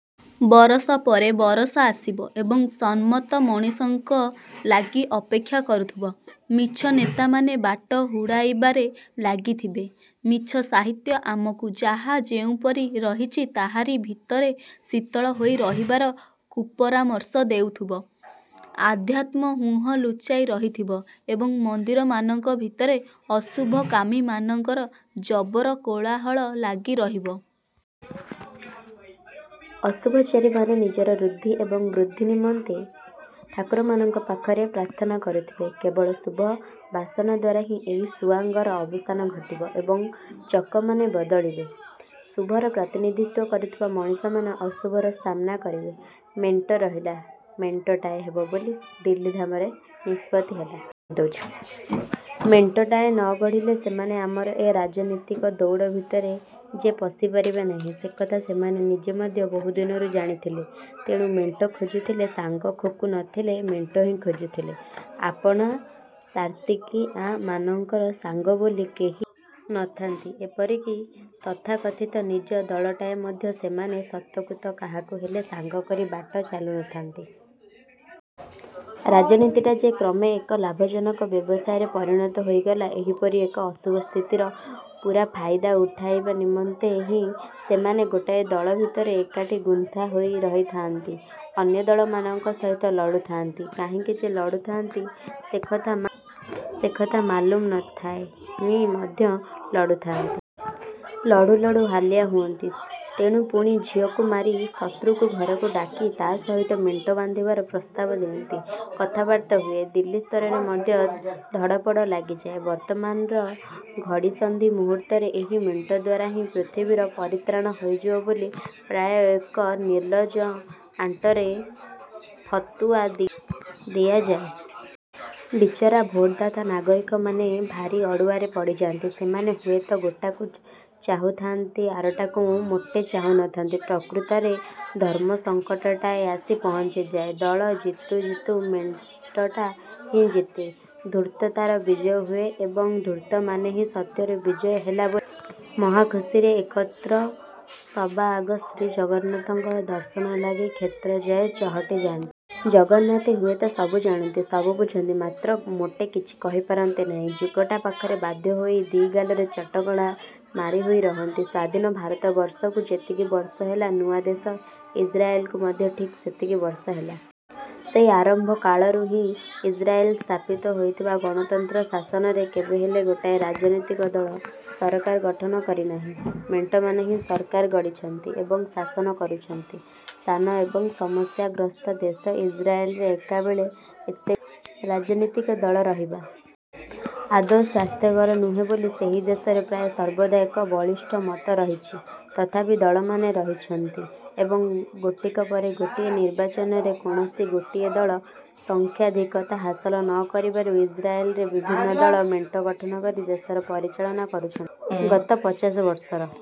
ବରଷ ପରେ ବରଷ ଆସିବ ଏବଂ ସମ୍ମତ ମଣିଷଙ୍କ ଲାଗି ଅପେକ୍ଷା କରୁଥିବ। ମିଛ ନେତାମାନେ ବାଟ ହୁଡ଼ାଇବାରେ ଲାଗିଥିବେ। ମିଛ ସାହିତ୍ୟ ଆମକୁ ଯାହା ଯେଉଁପରି ରହିଛି ତାହାରି ଭିତରେ ଶୀତଳ ହୋଇ ରହିବାର କୁପରାମର୍ଶ ଦେଉଥିବ। ଅଧ୍ୟାତ୍ମ ମୁହଁ ଲୁଚାଇ ରହିଥିବ ଏବଂ ମନ୍ଦିରମାନଙ୍କ ଭିତରେ ଅଶୁଭକାମୀ ମାନଙ୍କର ଜବର କୋଳହାଳ ଲାଗି ରହିବ। ଅଶୁଭଚାରୀମାନେ ନିଜର ଋଦ୍ଧି ଏବଂ ବୃଦ୍ଧି ନିମନ୍ତେ ଠାକୁରମାନଙ୍କ ପାଖରେ ପ୍ରାର୍ଥନା କରୁଥିବେ। କେବଳ ଶୁଭ ବାସନା ଦ୍ୱାରା ହିଁ ଏହି ସୁଆଙ୍ଗର ଅବସାନ ଘଟିବ ଏବଂ ଚକମାନେ ବଦଳିବେ। ଶୁଭର ପ୍ରତିନିଧିତ୍ୱ କରୁଥିବା ମଣିଷମାନେ ଅଶୁଭର ସାମ୍ନା କରିବେ। ମେଣ୍ଟ ରହିଲା!!! ମେଣ୍ଟଟାଏ ହେବ ବୋଲି ଦିଲ୍ଲୀ ଧାମରେ ନିଷ୍ପତ୍ତି ହେଲା। ମେଣ୍ଟଟାଏ ନ ଗଢ଼ିଲେ ସେମାନେ ଆମର ଏ ରାଜନୀତିକ ଦୌଡ଼ ଭିତରେ ଯେ ପଶିପାରିବେ ନାହିଁ, ସେକଥା ସେମାନେ ନିଜେ ମଧ୍ୟ ବହୁଦିନରୁ ଜାଣିଥିଲେ। ତେଣୁ ମେଣ୍ଟ ଖୋଜୁଥିଲେ। ସାଙ୍ଗ ଖୋକୁ ନଥିଲେ, ମେଣ୍ଟ ହିଁ ଖୋଜୁଥିଲେ। ଆପଣାସାର୍ତ୍ତିକିଆମାନଙ୍କର ସାଙ୍ଗ ବୋଲି କେହି ନଥାନ୍ତି। ଏପରିକି, ତଥାକଥିତ ନିଜ ଦଳଟାରେ ମଧ୍ୟ ସେମାନେ ସତକୁ ତ କାହାକୁ ହେଲେ ସାଙ୍ଗ କରି ବାଟ ଚାଲୁନଥାନ୍ତି। ରାଜନୀତିଟା ଯେ କ୍ରମେ ଏକ ଲାଭଜନକ ବ୍ୟବସାୟରେ ପରିଣତ ହୋଇଗଲା, ଏହିପରି ଏକ ଅଶୁଭ ସ୍ଥିତିର ପୂରା ଫାଇଦା ଉଠାଇବା ନିମନ୍ତେ ହିଁ ସେମାନେ ଗୋଟାଏ ଦଳ ଭିତରେ ଏକାଠି ଗୁନ୍ଥା ହୋଇ ରହିଥାଆନ୍ତି। ଅନ୍ୟ ଦଳମାନଙ୍କ ସହିତ ଲଢୁଥାଆନ୍ତି। କାହିଁକି ଯେ ଲଢୁଥାଆନ୍ତି ସେକଥା ମାଲୁମ ନଥାଇ ମଧ୍ୟ ଲଢୁଥାଆନ୍ତି। ଲଢୁ ଲଢ଼ୁ ହାଲିଆ ହୁଅନ୍ତି। ତେଣୁ ପୁଣି ଝିଅକୁ ମାରି ଶତ୍ରୁକୁ ଘରକୁ ଡାକି ତା'ସହିତ ମେଣ୍ଟ ବାନ୍ଧିବାର ପ୍ରସ୍ତାବ ଦିଅନ୍ତି। କଥାବାର୍ତ୍ତା ହୁଏ, ଦିଲ୍ଲୀ ସ୍ତରରେ ମଧ୍ୟ ଧଡ଼ପଡ଼ ଲାଗିଯାଏ। ବର୍ତ୍ତମାନର ଘଡ଼ିସନ୍ଧି ମୁହୂର୍ତ୍ତରେ ଏହି ମେଣ୍ଟ ଦ୍ୱାରା ହିଁ ପୃଥିବୀର ପରିତ୍ରାଣ ହୋଇଯିବ ବୋଲି ପ୍ରାୟ ଏକ ନିର୍ଲଜ୍ଜ ଆଣ୍ଟରେ ଫତୁଆ ଦିଆଯାଏ। ବିଚାରା ଭୋଟଦାତା ନାଗରିକମାନେ ଭାରି ଅଡ଼ୁଆରେ ପଡ଼ିଯାଆନ୍ତି। ସେମାନେ ହୁଏତ ଗୋଟାକୁ ଚାହୁଥାଆନ୍ତି, ଆରଟାକୁ ମୋଟେ ଚାହୁନଥାନ୍ତି। ପ୍ରକୃତରେ ଧର୍ମସଂକଟଟାଏ ଆସି ପହଂଚିଯାଏ। ଦଳ ଜିତୁ ଜିତୁ ମେଣ୍ଟଟା ହିଁ ଜିତେ। ଧୂର୍ତ୍ତତାର ବିଜୟ ହୁଏ ଏବଂ ଧୂର୍ତ୍ତମାନେ ହିଁ ସତ୍ୟର ବିଜୟ ହେଲା ବୋଲି ମହା ଖୁସିରେ ଏକତ୍ର ସବାଆଗ ଶ୍ରୀଜଗନ୍ନାଥଙ୍କର ଦର୍ଶନ ଲାଗି କ୍ଷେତ୍ରଯାଏ ଚହଟି ଯାଆନ୍ତି। ଜଗନ୍ନାଥେ ହୁଏତ ସବୁ ଜାଣନ୍ତି, ସବୁ ବୁଝନ୍ତି; ମାତ୍ର ମୋଟେ କିଛି କରିପାରନ୍ତି ନାହିଁ। ଯୁଗଟା ପାଖରେ ବାଧ୍ୟ ହୋଇ ଦି' ଗାଲରେ ଚଟକଣା ମାରିହୋଇ ରହନ୍ତି। ସ୍ୱାଧୀନ ଭାରତବର୍ଷକୁ ଯେତିକି ବର୍ଷ ହେଲା, ନୂଆ ଦେଶ ଇସ୍ରାଏଲକୁ ମଧ୍ୟ ଠିକ୍ ସେତିକି ବର୍ଷ ହେଲା। ସେହି ଆରମ୍ଭ କାଳରୁ ହିଁ ଇସ୍ରାଏଲରେ ସ୍ଥାପିତ ହୋଇଥିବା ଗଣତନ୍ତ୍ର ଶାସନରେ କେବେହେଲେ ଗୋଟିଏ ରାଜନୀତିକ ଦଳ ସରକାର ଗଠନ କରିନାହିଁ। ମେଣ୍ଟମାନେ ହିଁ ସରକାର ଗଢ଼ିଛନ୍ତି ଏବଂ ଶାସନ କରିଛନ୍ତି। ସାନ ଏବଂ ସମସ୍ୟାଗ୍ରସ୍ତ ଦେଶ ଇସ୍ରାଏଲରେ ଏକାବେଳେକେ ଏତେଗୁଡ଼ାଏ ରାଜନୀତିକ ଦଳ ରହିବା। ଆଦୌ ସ୍ୱାସ୍ଥ୍ୟକର ନୁହେଁ ବୋଲି ସେହି ଦେଶରେ ପ୍ରାୟ ସର୍ବଦା ଏକ ବଳିଷ୍ଟ ମତ ରହିଛି। ତଥାପି ଦଳମାନେ ରହିଛନ୍ତି ଏବଂ ଗୋଟିକ ପରେ ଗୋଟିଏ ନିର୍ବାଚନରେ କୌଣସି ଗୋଟିଏ ଦଳ ସଂଖ୍ୟାଧିକତା ହାସଲ ନ କରିବାରୁ ଇସ୍ରାଏଲରେ ବିଭିନ୍ନ ଦଳ ମେଣ୍ଟ ଗଠନ କରି ଦେଶର ପରିଚାଳନା କରୁଛନ୍ତି। ଗତ ପଚାଶ ବର୍ଷର